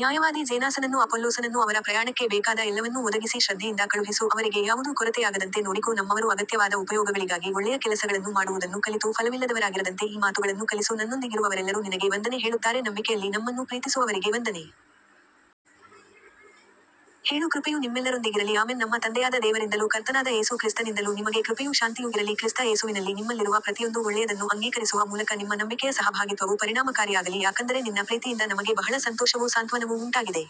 ನ್ಯಾಯವಾದಿ ಝೇನಾಸನನ್ನೂ ಅಪೊಲ್ಲೋಸನನ್ನೂ ಅವರ ಪ್ರಯಾಣಕ್ಕೆ ಬೇಕಾದ ಎಲ್ಲವನ್ನೂ ಒದಗಿಸಿ ಶ್ರದ್ಧೆಯಿಂದ ಕಳುಹಿಸು ಅವರಿಗೆ ಯಾವುದೂ ಕೊರತೆಯಾಗದಂತೆ ನೋಡಿಕೋ ನಮ್ಮವರೂ ಅಗತ್ಯವಾದ ಉಪಯೋಗಗಳಿಗಾಗಿ ಒಳ್ಳೆಯ ಕೆಲಸಗಳನ್ನು ಮಾಡುವುದನ್ನು ಕಲಿತು ಫಲವಿಲ್ಲದವರಾಗಿರದಂತೆ ಈ ಮಾತುಗಳನ್ನು ಕಲಿಸು ನನ್ನೊಂದಿಗಿರುವವರೆಲ್ಲರೂ ನಿನಗೆ ವಂದನೆ ಹೇಳುತ್ತಾರೆ ನಂಬಿಕೆಯಲ್ಲಿ ನಮ್ಮನ್ನು ಪ್ರೀತಿಸುವವರಿಗೆ ವಂದನೆ ಹೇಳು ಕೃಪೆಯು ನಿಮ್ಮೆಲ್ಲರೊಂದಿಗಿರಲಿ ಆಮೆನ್ ನಮ್ಮ ತಂದೆಯಾದ ದೇವರಿಂದಲೂ ಕರ್ತನಾದ ಯೇಸು ಕ್ರಿಸ್ತನಿಂದಲೂ ನಿಮಗೆ ಕೃಪೆಯೂ ಶಾಂತಿಯೂ ಇರಲಿ ಕ್ರಿಸ್ತ ಯೇಸುವಿನಲ್ಲಿ ನಿಮ್ಮಲ್ಲಿರುವ ಪ್ರತಿಯೊಂದು ಒಳ್ಳೆಯದನ್ನು ಅಂಗೀಕರಿಸುವ ಮೂಲಕ ನಿಮ್ಮ ನಂಬಿಕೆಯ ಸಹಭಾಗಿತ್ವವು ಪರಿಣಾಮಕಾರಿಯಾಗಲಿ ಯಾಕಂದರೆ ನಿನ್ನ ಪ್ರೀತಿಯಿಂದ ನಮಗೆ ಬಹಳ ಸಂತೋಷವೂ ಸಾಂತ್ವನವೂ ಉಂಟಾಗಿದೆ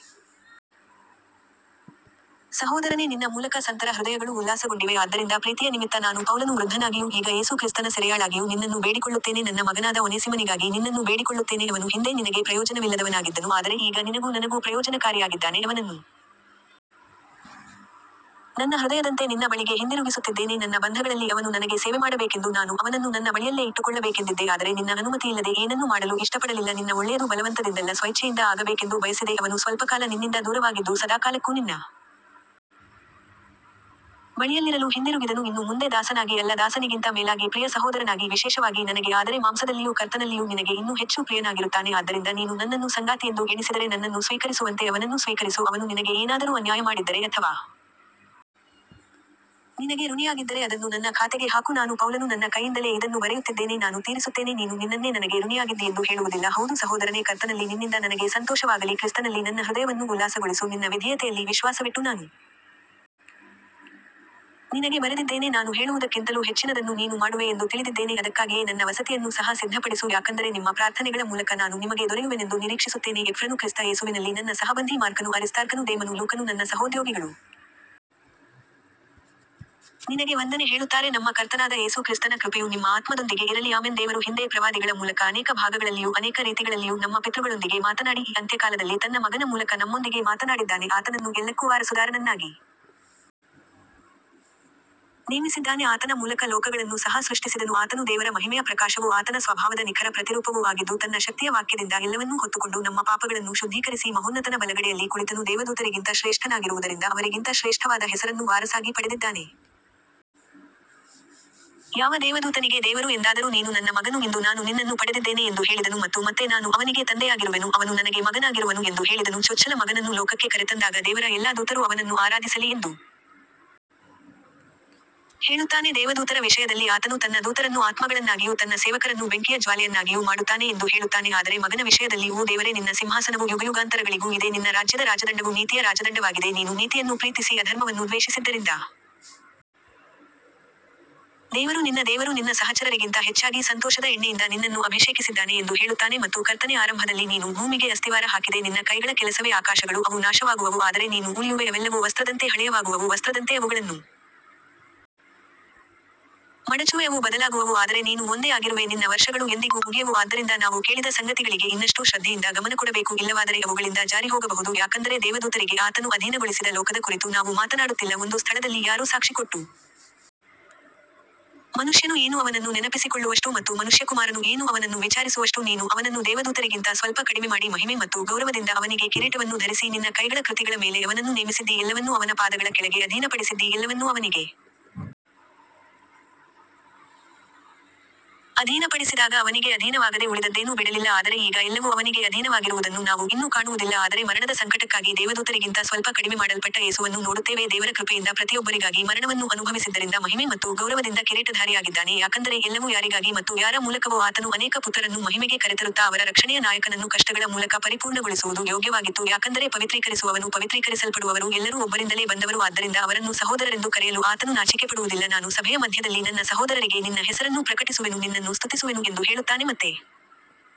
ಸಹೋದರನೇ ನಿನ್ನ ಮೂಲಕ ಸಂತರ ಹೃದಯಗಳು ಉಲ್ಲಾಸಗೊಂಡಿವೆ ಆದ್ದರಿಂದ ಪ್ರೀತಿಯ ನಿಮಿತ್ತ ನಾನು ಪೌಲನು ವೃದ್ಧನಾಗಿಯೂ ಈಗ ಯೇಸು ಕ್ರಿಸ್ತನ ಸೆರೆಯಾಳಾಗಿಯೂ ನಿನ್ನನ್ನು ಬೇಡಿಕೊಳ್ಳುತ್ತೇನೆ ನನ್ನ ಮಗನಾದ ಒನೇಸಿಮನಿಗಾಗಿ ನಿನ್ನನ್ನು ಬೇಡಿಕೊಳ್ಳುತ್ತೇನೆ ಅವನು ಹಿಂದೆ ನಿನಗೆ ಪ್ರಯೋಜನವಿಲ್ಲದವನಾಗಿದ್ದನು ಆದರೆ ಈಗ ನಿನಗೂ ನನಗೂ ಪ್ರಯೋಜನಕಾರಿಯಾಗಿದ್ದಾನೆ ಅವನನ್ನು ನನ್ನ ಹೃದಯದಂತೆ ನಿನ್ನ ಬಳಿಗೆ ಹಿಂದಿರುಗಿಸುತ್ತಿದ್ದೇನೆ ನನ್ನ ಬಂಧಗಳಲ್ಲಿ ಅವನು ನನಗೆ ಸೇವೆಮಾಡಬೇಕೆಂದು ನಾನು ಅವನನ್ನು ನನ್ನ ಬಳಿಯಲ್ಲೇ ಇಟ್ಟುಕೊಳ್ಳಬೇಕೆಂದಿದ್ದೆ ಆದರೆ ನಿನ್ನ ಅನುಮತಿಯಿಲ್ಲದೆ ಏನನ್ನೂ ಮಾಡಲು ಇಷ್ಟಪಡಲಿಲ್ಲ ನಿನ್ನ ಒಳ್ಳೆಯದು ಬಲವಂತದಿಂದಲ್ಲ ಸ್ವಇಚ್ಛೆಯಿಂದ ಆಗಬೇಕೆಂದು ಬಯಸಿದೆ ಅವನು ಸ್ವಲ್ಪಕಾಲ ನಿನ್ನಿಂದ ದೂರವಾಗಿದ್ದು ಸದಾಕಾಲಕ್ಕೂ ನಿನ್ನ ಬಳಿಯಲ್ಲಿರಲು ಹಿಂದಿರುಗಿದನು ಇನ್ನು ಮುಂದೆ ದಾಸನಾಗಿ ಅಲ್ಲ ದಾಸನಿಗಿಂತ ಮೇಲಾಗಿ ಪ್ರಿಯ ಸಹೋದರನಾಗಿ ವಿಶೇಷವಾಗಿ ನನಗೆ ಆದರೆ ಮಾಂಸದಲ್ಲಿಯೂ ಕರ್ತನಲ್ಲಿಯೂ ನಿನಗೆ ಇನ್ನೂ ಹೆಚ್ಚು ಪ್ರಿಯನಾಗಿರುತ್ತಾನೆ ಆದ್ದರಿಂದ ನೀನು ನನ್ನನ್ನು ಸಂಗಾತಿಯೆಂದು ಎಣಿಸಿದರೆ ನನ್ನನ್ನು ಸ್ವೀಕರಿಸುವಂತೆ ಅವನನ್ನೂ ಸ್ವೀಕರಿಸು ಅವನು ನಿನಗೆ ಏನಾದರೂ ಅನ್ಯಾಯಮಾಡಿದ್ದರೆ ಅಥವಾ ನಿನಗೆ ಋಣಿಯಾಗಿದ್ದರೆ ಅದನ್ನು ನನ್ನ ಖಾತೆಗೆ ಹಾಕು ನಾನು ಪೌಲನು ನನ್ನ ಕೈಯಿಂದಲೇ ಇದನ್ನು ಬರೆಯುತ್ತಿದ್ದೇನೆ ನಾನು ತೀರಿಸುತ್ತೇನೆ ನೀನು ನಿನ್ನನ್ನೇ ನನಗೆ ಋಣಿಯಾಗಿದ್ದೀಯೆಂದು ಹೇಳುವುದಿಲ್ಲ ಹೌದು ಸಹೋದರನೇ ಕರ್ತನಲ್ಲಿ ನಿನ್ನಿಂದ ನನಗೆ ಸಂತೋಷವಾಗಲಿ ಕ್ರಿಸ್ತನಲ್ಲಿ ನನ್ನ ಹೃದಯವನ್ನು ಉಲ್ಲಾಸಗೊಳಿಸು ನಿನ್ನ ವಿಧೇಯತೆಯಲ್ಲಿ ವಿಶ್ವಾಸವಿಟ್ಟು ನಾನು ನಿನಗೆ ಬರೆದಿದ್ದೇನೆ ನಾನು ಹೇಳುವುದಕ್ಕಿಂತಲೂ ಹೆಚ್ಚಿನದನ್ನು ನೀನು ಮಾಡುವೆ ಎಂದು ತಿಳಿದಿದ್ದೇನೆ ಅದಕ್ಕಾಗಿಯೇ ನನ್ನ ವಸತಿಯನ್ನು ಸಹ ಸಿದ್ಧಪಡಿಸು ಯಾಕಂದರೆ ನಿಮ್ಮ ಪ್ರಾರ್ಥನೆಗಳ ಮೂಲಕ ನಾನು ನಿಮಗೆ ದೊರೆಯುವೆನೆಂದು ನಿರೀಕ್ಷಿಸುತ್ತೇನೆ ಎಪಫ್ರನು ಕ್ರಿಸ್ತ ಯೇಸುವಿನಲ್ಲಿ ನನ್ನ ಸಹಬಂಧಿ ಮಾರ್ಕನು ಅರಿಸ್ತಾರ್ಕನು ದೇಮನು ಲೂಕನು ನನ್ನ ಸಹೋದ್ಯೋಗಿಗಳು ನಿನಗೆ ವಂದನೆ ಹೇಳುತ್ತಾರೆ ನಮ್ಮ ಕರ್ತನಾದ ಯೇಸು ಕ್ರಿಸ್ತನ ಕೃಪೆಯು ನಿಮ್ಮ ಆತ್ಮದೊಂದಿಗೆ ಇರಲಿ ಆಮೆನ್ ದೇವರು ಹಿಂದೆ ಪ್ರವಾದಿಗಳ ಮೂಲಕ ಅನೇಕ ಭಾಗಗಳಲ್ಲಿಯೂ ಅನೇಕ ರೀತಿಗಳಲ್ಲಿಯೂ ನಮ್ಮ ಪಿತೃಗಳೊಂದಿಗೆ ಮಾತನಾಡಿ ಈ ಅಂತ್ಯಕಾಲದಲ್ಲಿ ತನ್ನ ಮಗನ ಮೂಲಕ ನಮ್ಮೊಂದಿಗೆ ಮಾತನಾಡಿದ್ದಾನೆ ಆತನನ್ನು ಎಲ್ಲಕ್ಕೂ ವಾರಸುದಾರನನ್ನಾಗಿ ನೇಮಿಸಿದ್ದಾನೆ ಆತನ ಮೂಲಕ ಲೋಕಗಳನ್ನು ಸಹ ಸೃಷ್ಟಿಸಿದನು ಆತನು ದೇವರ ಮಹಿಮೆಯ ಪ್ರಕಾಶವೂ ಆತನ ಸ್ವಭಾವದ ನಿಖರ ಪ್ರತಿರೂಪವೂ ಆಗಿದ್ದು ತನ್ನ ಶಕ್ತಿಯ ವಾಕ್ಯದಿಂದ ಎಲ್ಲವನ್ನೂ ಹೊತ್ತುಕೊಂಡು ನಮ್ಮ ಪಾಪಗಳನ್ನು ಶುದ್ಧೀಕರಿಸಿ ಮಹೋನ್ನತನ ಬಲಗಡೆಯಲ್ಲಿ ಕುಳಿತನು ದೇವದೂತರಿಗಿಂತ ಶ್ರೇಷ್ಠನಾಗಿರುವುದರಿಂದ ಅವರಿಗಿಂತ ಶ್ರೇಷ್ಠವಾದ ಹೆಸರನ್ನು ವಾರಸಾಗಿ ಪಡೆದಿದ್ದಾನೆ ಯಾವ ದೇವದೂತನಿಗೆ ದೇವರು ಎಂದಾದರೂ ನೀನು ನನ್ನ ಮಗನು ಇಂದು ನಾನು ನಿನ್ನನ್ನು ಪಡೆದಿದ್ದೇನೆ ಎಂದು ಹೇಳಿದನು ಮತ್ತು ಮತ್ತೆ ನಾನು ಅವನಿಗೆ ತಂದೆಯಾಗಿರುವೆನು ಅವನು ನನಗೆ ಮಗನಾಗಿರುವನು ಎಂದು ಹೇಳಿದನು ಚೊಚ್ಚಲ ಮಗನನ್ನು ಲೋಕಕ್ಕೆ ಕರೆತಂದಾಗ ದೇವರ ಎಲ್ಲಾ ದೂತರೂ ಅವನನ್ನು ಆರಾಧಿಸಲಿ ಎಂದು ಹೇಳುತ್ತಾನೆ ದೇವದೂತರ ವಿಷಯದಲ್ಲಿ ಆತನು ತನ್ನ ದೂತರನ್ನು ಆತ್ಮಗಳನ್ನಾಗಿಯೂ ತನ್ನ ಸೇವಕರನ್ನು ಬೆಂಕಿಯ ಜ್ವಾಲೆಯನ್ನಾಗಿಯೂ ಮಾಡುತ್ತಾನೆ ಎಂದು ಹೇಳುತ್ತಾನೆ ಆದರೆ ಮಗನ ವಿಷಯದಲ್ಲಿ ಓ ದೇವರೇ ನಿನ್ನ ಸಿಂಹಾಸನವು ಯುಗಯುಗಾಂತರಗಳಿಗೂ ಇದೆ ನಿನ್ನ ರಾಜ್ಯದ ರಾಜದಂಡವು ನೀತಿಯ ರಾಜದಂಡವಾಗಿದೆ ನೀನು ನೀತಿಯನ್ನು ಪ್ರೀತಿಸಿ ಅಧರ್ಮವನ್ನು ದ್ವೇಷಿಸಿದ್ದರಿಂದ ದೇವರು ನಿನ್ನ ದೇವರು ನಿನ್ನ ಸಹಚರರಿಗಿಂತ ಹೆಚ್ಚಾಗಿ ಸಂತೋಷದ ಎಣ್ಣೆಯಿಂದ ನಿನ್ನನ್ನು ಅಭಿಷೇಕಿಸಿದ್ದಾನೆ ಎಂದು ಹೇಳುತ್ತಾನೆ ಮತ್ತು ಕರ್ತನೇ ಆರಂಭದಲ್ಲಿ ನೀನು ಭೂಮಿಗೆ ಅಸ್ತಿವಾರ ಹಾಕಿದೆ ನಿನ್ನ ಕೈಗಳ ಕೆಲಸವೇ ಆಕಾಶಗಳು ಅವು ನಾಶವಾಗುವವು ಆದರೆ ನೀನು ಉಳಿಯುವೆ ಅವೆಲ್ಲವೂ ವಸ್ತ್ರದಂತೆ ಹಳೆಯವಾಗುವವು ವಸ್ತ್ರದಂತೆ ಅವುಗಳನ್ನು ಮಡಚುವೆ ಅವು ಬದಲಾಗುವವು ಆದರೆ ನೀನು ಒಂದೇ ಆಗಿರುವೆ ನಿನ್ನ ವರ್ಷಗಳು ಎಂದಿಗೂ ಮುಗಿಯವು ಆದ್ದರಿಂದ ನಾವು ಕೇಳಿದ ಸಂಗತಿಗಳಿಗೆ ಇನ್ನಷ್ಟು ಶ್ರದ್ಧೆಯಿಂದ ಗಮನಕೊಡಬೇಕು ಇಲ್ಲವಾದರೆ ಅವುಗಳಿಂದ ಜಾರಿಹೋಗಬಹುದು ಯಾಕಂದರೆ ದೇವದೂತರಿಗೆ ಆತನು ಅಧೀನಗೊಳಿಸಿದ ಲೋಕದ ಕುರಿತು ನಾವು ಮಾತನಾಡುತ್ತಿಲ್ಲ ಒಂದು ಸ್ಥಳದಲ್ಲಿ ಯಾರೋ ಸಾಕ್ಷಿಕೊಟ್ಟು ಮನುಷ್ಯನು ಏನು ಅವನನ್ನು ನೆನಪಿಸಿಕೊಳ್ಳುವಷ್ಟು ಮತ್ತು ಮನುಷ್ಯಕುಮಾರನು ಏನು ಅವನನ್ನು ವಿಚಾರಿಸುವಷ್ಟು ನೀನು ಅವನನ್ನು ದೇವದೂತರಿಗಿಂತ ಸ್ವಲ್ಪ ಕಡಿಮೆಮಾಡಿ ಮಹಿಮೆ ಮತ್ತು ಗೌರವದಿಂದ ಅವನಿಗೆ ಕಿರೀಟವನ್ನು ಧರಿಸಿ ನಿನ್ನ ಕೈಗಳ ಕೃತಿಗಳ ಮೇಲೆ ಅವನನ್ನು ನೇಮಿಸಿದ್ದೀ ಎಲ್ಲವನ್ನೂ ಅವನ ಪಾದಗಳ ಕೆಳಗೆ ಅಧೀನಪಡಿಸಿದ್ದೀ ಎಲ್ಲವನ್ನೂ ಅವನಿಗೆ ಅಧೀನಪಡಿಸಿದಾಗ ಅವನಿಗೆ ಅಧೀನವಾಗದೆ ಉಳಿದದ್ದೇನೂ ಬಿಡಲಿಲ್ಲ ಆದರೆ ಈಗ ಎಲ್ಲವೂ ಅವನಿಗೆ ಅಧೀನವಾಗಿರುವುದನ್ನು ನಾವು ಇನ್ನೂ ಕಾಣುವುದಿಲ್ಲ ಆದರೆ ಮರಣದ ಸಂಕಟಕ್ಕಾಗಿ ದೇವದೂತರಿಗಿಂತ ಸ್ವಲ್ಪ ಕಡಿಮೆಮಾಡಲ್ಪಟ್ಟ ಯೇಸುವನ್ನು ನೋಡುತ್ತೇವೆ ದೇವರ ಕೃಪೆಯಿಂದ ಪ್ರತಿಯೊಬ್ಬರಿಗಾಗಿ ಮರಣವನ್ನು ಅನುಭವಿಸಿದ್ದರಿಂದ ಮಹಿಮೆ ಮತ್ತು ಗೌರವದಿಂದ ಕಿರೀಟಧಾರಿಯಾಗಿದ್ದಾನೆ ಯಾಕಂದರೆ ಎಲ್ಲವೂ ಯಾರಿಗಾಗಿ ಮತ್ತು ಯಾರ ಮೂಲಕವೋ ಆತನು ಅನೇಕ ಪುತ್ರರನ್ನು ಮಹಿಮೆಗೆ ಕರೆತರುತ್ತಾ ಅವರ ರಕ್ಷಣೆಯ ನಾಯಕನನ್ನು ಕಷ್ಟಗಳ ಮೂಲಕ ಪರಿಪೂರ್ಣಗೊಳಿಸುವುದು ಯೋಗ್ಯವಾಗಿತ್ತು ಯಾಕಂದರೆ ಪವಿತ್ರೀಕರಿಸುವವನೂ ಪವಿತ್ರೀಕರಿಸಲ್ಪಡುವವರೂ ಎಲ್ಲರೂ ಒಬ್ಬರಿಂದಲೇ ಬಂದವರು ಆದ್ದರಿಂದ ಅವರನ್ನು ಸಹೋದರರೆಂದು ಕರೆಯಲು ಆತನು ನಾಚಿಕೆಪಡುವುದಿಲ್ಲ ನಾನು ಸಭೆಯ ಮಧ್ಯದಲ್ಲಿ ನನ್ನ ಸಹೋದರರಿಗೆ ನಿನ್ನ ಹೆಸರನ್ನು ಪ್ರಕಟಿಸುವೆನು ನಿನ್ನನ್ನು ಸ್ತುತಿಸುವೆನು ಎಂದು ಹೇಳುತ್ತಾನೆ ಮತ್ತೆ